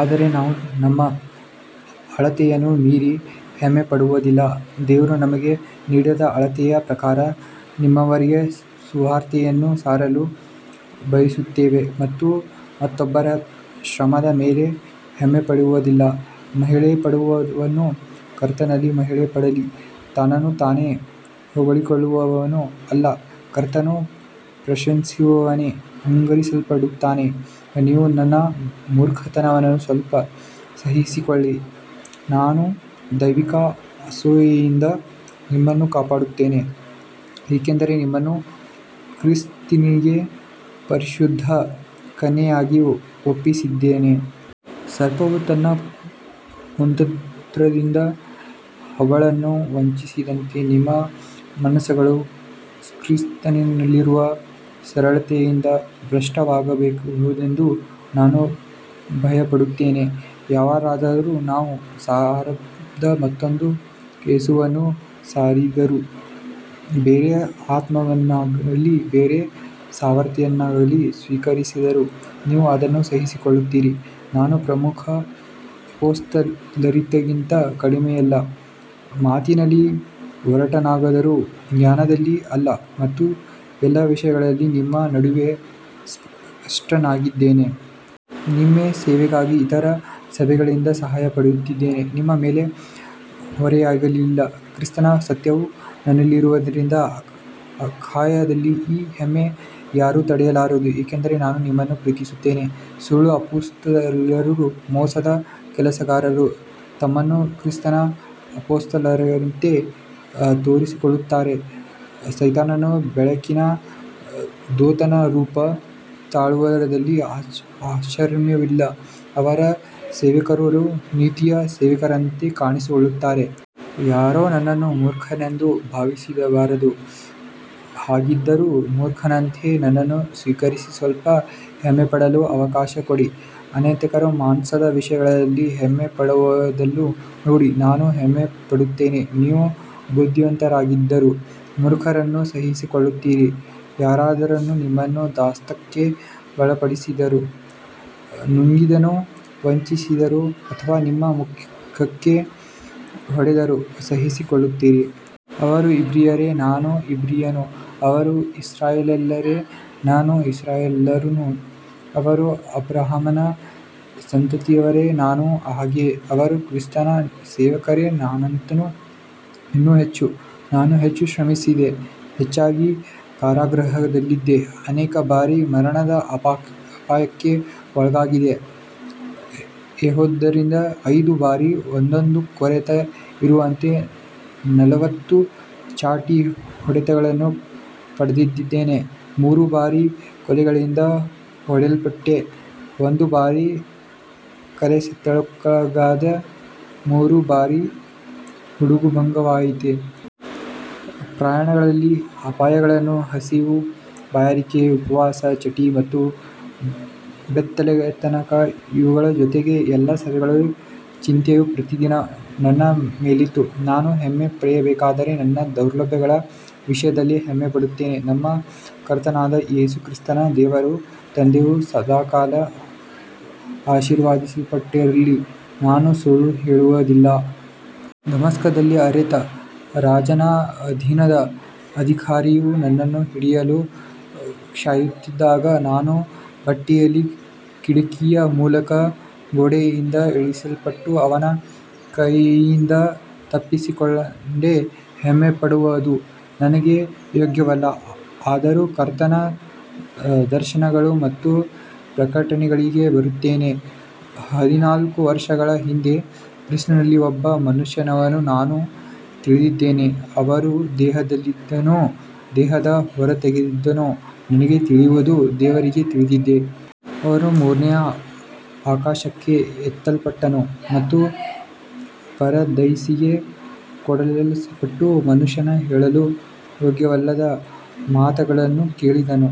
ಆದರೆ ನಾವು ನಮ್ಮ ಅಳತೆಯನ್ನು ಮೀರಿ ಹೆಮ್ಮೆಪಡುವುದಿಲ್ಲ, ದೇವರು ನಮಗೆ ನೀಡಿದ ಅಳತೆಯ ಪ್ರಕಾರ ನಿಮ್ಮವರೆಗೆ ಸುವಾರ್ತೆಯನ್ನು ಸಾರಲು ಬಯಸುತ್ತೇವೆ ಮತ್ತು ಮತ್ತೊಬ್ಬರ ಶ್ರಮದ ಮೇಲೆ ಹೆಮ್ಮೆಪಡುವುದಿಲ್ಲ. ಮಹಿಮೆಪಡುವವನು ಕರ್ತನಲ್ಲಿ ಮಹಿಮೆಪಡಲಿ, ತನ್ನನ್ನು ತಾನೇ ಹೊಗಳಿಕೊಳ್ಳುವವನು ಅಲ್ಲ, ಕರ್ತನು ಪ್ರಶಂಸಿಸುವವನೇ ಅಂಗೀಕರಿಸಲ್ಪಡುತ್ತಾನೆ. ನೀವು ನನ್ನ ಮೂರ್ಖತನವನ್ನು ಸ್ವಲ್ಪ ಸಹಿಸಿಕೊಳ್ಳಿರಿ, ನಾನು ದೈವಿಕ ಅಸೂಯೆಯಿಂದ ನಿಮ್ಮನ್ನು ಕಾಪಾಡುತ್ತೇನೆ, ಏಕೆಂದರೆ ನಿಮ್ಮನ್ನು ಕ್ರಿಸ್ತನಿಗೆ ಪರಿಶುದ್ಧ ಕನ್ಯೆಯಾಗಿ ಒಪ್ಪಿಸಿದ್ದೇನೆ. ಸರ್ಪವು ತನ್ನ ಕುತಂತ್ರದಿಂದ ಹವ್ವಳನ್ನು ವಂಚಿಸಿದಂತೆ ನಿಮ್ಮ ಮನಸ್ಸುಗಳು ಕ್ರಿಸ್ತನಲ್ಲಿರುವ ಸರಳತೆಯಿಂದ ಭ್ರಷ್ಟವಾಗಬಹುದೆಂದು ನಾನು ಭಯಪಡುತ್ತೇನೆ. ಯಾರಾದರೂ ನಾವು ಸಾರದ ಮತ್ತೊಬ್ಬ ಯೇಸುವನ್ನು ಸಾರಿದರೂ, ಬೇರೆ ಆತ್ಮವನ್ನಾಗಲಿ ಬೇರೆ ಸುವಾರ್ತೆಯನ್ನಾಗಲಿ ಸ್ವೀಕರಿಸಿದರೂ ನೀವು ಅದನ್ನು ಸಹಿಸಿಕೊಳ್ಳುತ್ತೀರಿ. ನಾನು ಪ್ರಮುಖ ಅಪೊಸ್ತಲರಿಗಿಂತ ಕಡಿಮೆಯಲ್ಲ, ಮಾತಿನಲ್ಲಿ ಒರಟನಾದರೂ ಜ್ಞಾನದಲ್ಲಿ ಅಲ್ಲ, ಮತ್ತು ಎಲ್ಲ ವಿಷಯಗಳಲ್ಲಿ ನಿಮ್ಮ ನಡುವೆ ಸ್ಪಷ್ಟನಾಗಿದ್ದೇನೆ. ನಿಮ್ಮ ಸೇವೆಗಾಗಿ ಇತರ ಸಭೆಗಳಿಂದ ಸಹಾಯ ಪಡೆದಿದ್ದೇನೆ, ನಿಮ್ಮ ಮೇಲೆ ಹೊರೆಯಾಗಲಿಲ್ಲ. ಕ್ರಿಸ್ತನ ಸತ್ಯವು ನನ್ನಲ್ಲಿರುವುದರಿಂದ ಅಖಾಯದಲ್ಲಿ ಈ ಹೆಮ್ಮೆ ಯಾರೂ ತಡೆಯಲಾರರು, ಏಕೆಂದರೆ ನಾನು ನಿಮ್ಮನ್ನು ಪ್ರೀತಿಸುತ್ತೇನೆ. ಸುಳ್ಳು ಅಪೊಸ್ತಲರು ಮೋಸದ ಕೆಲಸಗಾರರು, ತಮ್ಮನ್ನು ಕ್ರಿಸ್ತನ ಅಪೊಸ್ತಲರಂತೆ ತೋರಿಸಿಕೊಳ್ಳುತ್ತಾರೆ. ಸೈತಾನನು ಬೆಳಕಿನ ದೂತನ ರೂಪ ತಾಳುವುದರಲ್ಲಿ ಆಶ್ಚರ್ಯವಿಲ್ಲ, ಅವನ ಸೇವಕರೂ ನೀತಿಯ ಸೇವಕರಂತೆ ಕಾಣಿಸಿಕೊಳ್ಳುತ್ತಾರೆ. ಯಾರೂ ನನ್ನನ್ನು ಮೂರ್ಖನೆಂದು ಭಾವಿಸಬಾರದು, ಹಾಗಿದ್ದರೂ ಮೂರ್ಖನಂತೆ ನನ್ನನ್ನು ಸ್ವೀಕರಿಸಿ ಸ್ವಲ್ಪ ಹೆಮ್ಮೆಪಡಲು ಅವಕಾಶ ಕೊಡಿ. ಅನೇಕರು ಮಾಂಸದ ವಿಷಯಗಳಲ್ಲಿ ಹೆಮ್ಮೆಪಡುವುದನ್ನು ನೋಡಿ ನಾನೂ ಹೆಮ್ಮೆಪಡುತ್ತೇನೆ. ನೀವು ಬುದ್ಧಿವಂತರಾಗಿದ್ದರೂ ಮೂರ್ಖರನ್ನು ಸಹಿಸಿಕೊಳ್ಳುತ್ತೀರಿ, ಯಾರಾದರೂ ನಿಮ್ಮನ್ನು ದಾಸ್ಯಕ್ಕೆ ಒಳಪಡಿಸಿದರೂ, ನುಂಗಿದರೂ, ವಂಚಿಸಿದರೂ ಅಥವಾ ನಿಮ್ಮ ಮುಖಕ್ಕೆ ಹೊಡೆದರೂ ಸಹಿಸಿಕೊಳ್ಳುತ್ತೀರಿ. ಅವರು ಇಬ್ರಿಯರೇ, ನಾನೂ ಇಬ್ರಿಯನು, ಅವರು ಇಸ್ರಾಯೇಲ್ಯರೇ, ನಾನೂ ಇಸ್ರಾಯೇಲ್ಯನು, ಅವರು ಅಬ್ರಹಾಮನ ಸಂತತಿಯವರೇ, ನಾನೂ ಹಾಗೆಯೇ. ಅವರು ಕ್ರಿಸ್ತನ ಸೇವಕರೇ, ನಾನಂತೂ ಇನ್ನೂ ಹೆಚ್ಚು, ನಾನು ಹೆಚ್ಚು ಶ್ರಮಿಸಿದೆ, ಹೆಚ್ಚಾಗಿ ಕಾರಾಗೃಹದಲ್ಲಿದ್ದೆ, ಅನೇಕ ಬಾರಿ ಮರಣದ ಅಪಾಯಕ್ಕೆ ಒಳಗಾದೆ. ಯೆಹೂದ್ಯರಿಂದ ಐದು ಬಾರಿ ಒಂದೊಂದು ಕೊರತೆ ಇರುವಂತೆ ನಲವತ್ತು ಚಾಟಿ ಹೊಡೆತಗಳನ್ನು ಪಡೆದಿದ್ದೇನೆ, ಮೂರು ಬಾರಿ ಕೋಲುಗಳಿಂದ ಹೊಡೆಯಲ್ಪಟ್ಟೆ, ಒಂದು ಬಾರಿ ಕಲ್ಲೆಸೆತಕ್ಕೊಳಗಾದೆ, ಮೂರು ಬಾರಿ ಹಡಗುಭಂಗವಾಯಿತು. ಪ್ರಯಾಣಗಳಲ್ಲಿ ಅಪಾಯಗಳು, ಹಸಿವು, ಬಾಯಾರಿಕೆ, ಉಪವಾಸ, ಚಳಿ ಮತ್ತು ಬೆತ್ತಲೆತನ ಇವುಗಳ ಜೊತೆಗೆ ಎಲ್ಲ ಸಭೆಗಳ ಚಿಂತೆಯೂ ಪ್ರತಿದಿನ ನನ್ನ ಮೇಲಿತ್ತು. ನಾನು ಹೆಮ್ಮೆಪಡಬೇಕಾದರೆ ನನ್ನ ದೌರ್ಬಲ್ಯಗಳ ವಿಷಯದಲ್ಲೇ ಹೆಮ್ಮೆಪಡುತ್ತೇನೆ. ನಮ್ಮ ಕರ್ತನಾದ ಯೇಸು ಕ್ರಿಸ್ತನ ದೇವರೂ ತಂದೆಯೂ ಸದಾಕಾಲ ಆಶೀರ್ವದಿಸಲ್ಪಟ್ಟಿರಲಿ, ನಾನು ಸುಳ್ಳು ಹೇಳುವುದಿಲ್ಲ. ದಮಸ್ಕದಲ್ಲಿ ಅರೇತ ರಾಜನ ಅಧೀನದ ಅಧಿಕಾರಿಯು ನನ್ನನ್ನು ಹಿಡಿಯಲು ಕಾಯುತ್ತಿದ್ದಾಗ, ನಾನು ಬುಟ್ಟಿಯಲ್ಲಿ ಕಿಟಕಿಯ ಮೂಲಕ ಗೋಡೆಯಿಂದ ಇಳಿಸಲ್ಪಟ್ಟು ಅವನ ಕೈಯಿಂದ ತಪ್ಪಿಸಿಕೊಂಡೆ. ಹೆಮ್ಮೆಪಡುವುದು ನನಗೆ ಯೋಗ್ಯವಲ್ಲ, ಆದರೂ ಕರ್ತನ ದರ್ಶನಗಳು ಮತ್ತು ಪ್ರಕಟಣೆಗಳಿಗೆ ಬರುತ್ತೇನೆ. ಹದಿನಾಲ್ಕು ವರ್ಷಗಳ ಹಿಂದೆ ಕ್ರಿಸ್ತನಲ್ಲಿ ಒಬ್ಬ ಮನುಷ್ಯನನ್ನು ನಾನು ತಿಳಿದಿದ್ದೇನೆ, ಅವನು ದೇಹದಲ್ಲಿದ್ದನೋ ದೇಹದ ಹೊರಗಿದ್ದನೋ ನನಗೆ ತಿಳಿಯದು, ದೇವರಿಗೆ ತಿಳಿದಿದೆ. ಅವನು ಮೂರನೇ ಆಕಾಶಕ್ಕೆ ಎತ್ತಲ್ಪಟ್ಟನು ಮತ್ತು ಪರದೈಸಿಗೆ ಕೊಂಡೊಯ್ಯಲ್ಪಟ್ಟು ಮನುಷ್ಯನು ಹೇಳಲು ಯೋಗ್ಯವಲ್ಲದ ಮಾತುಗಳನ್ನು ಕೇಳಿದನು.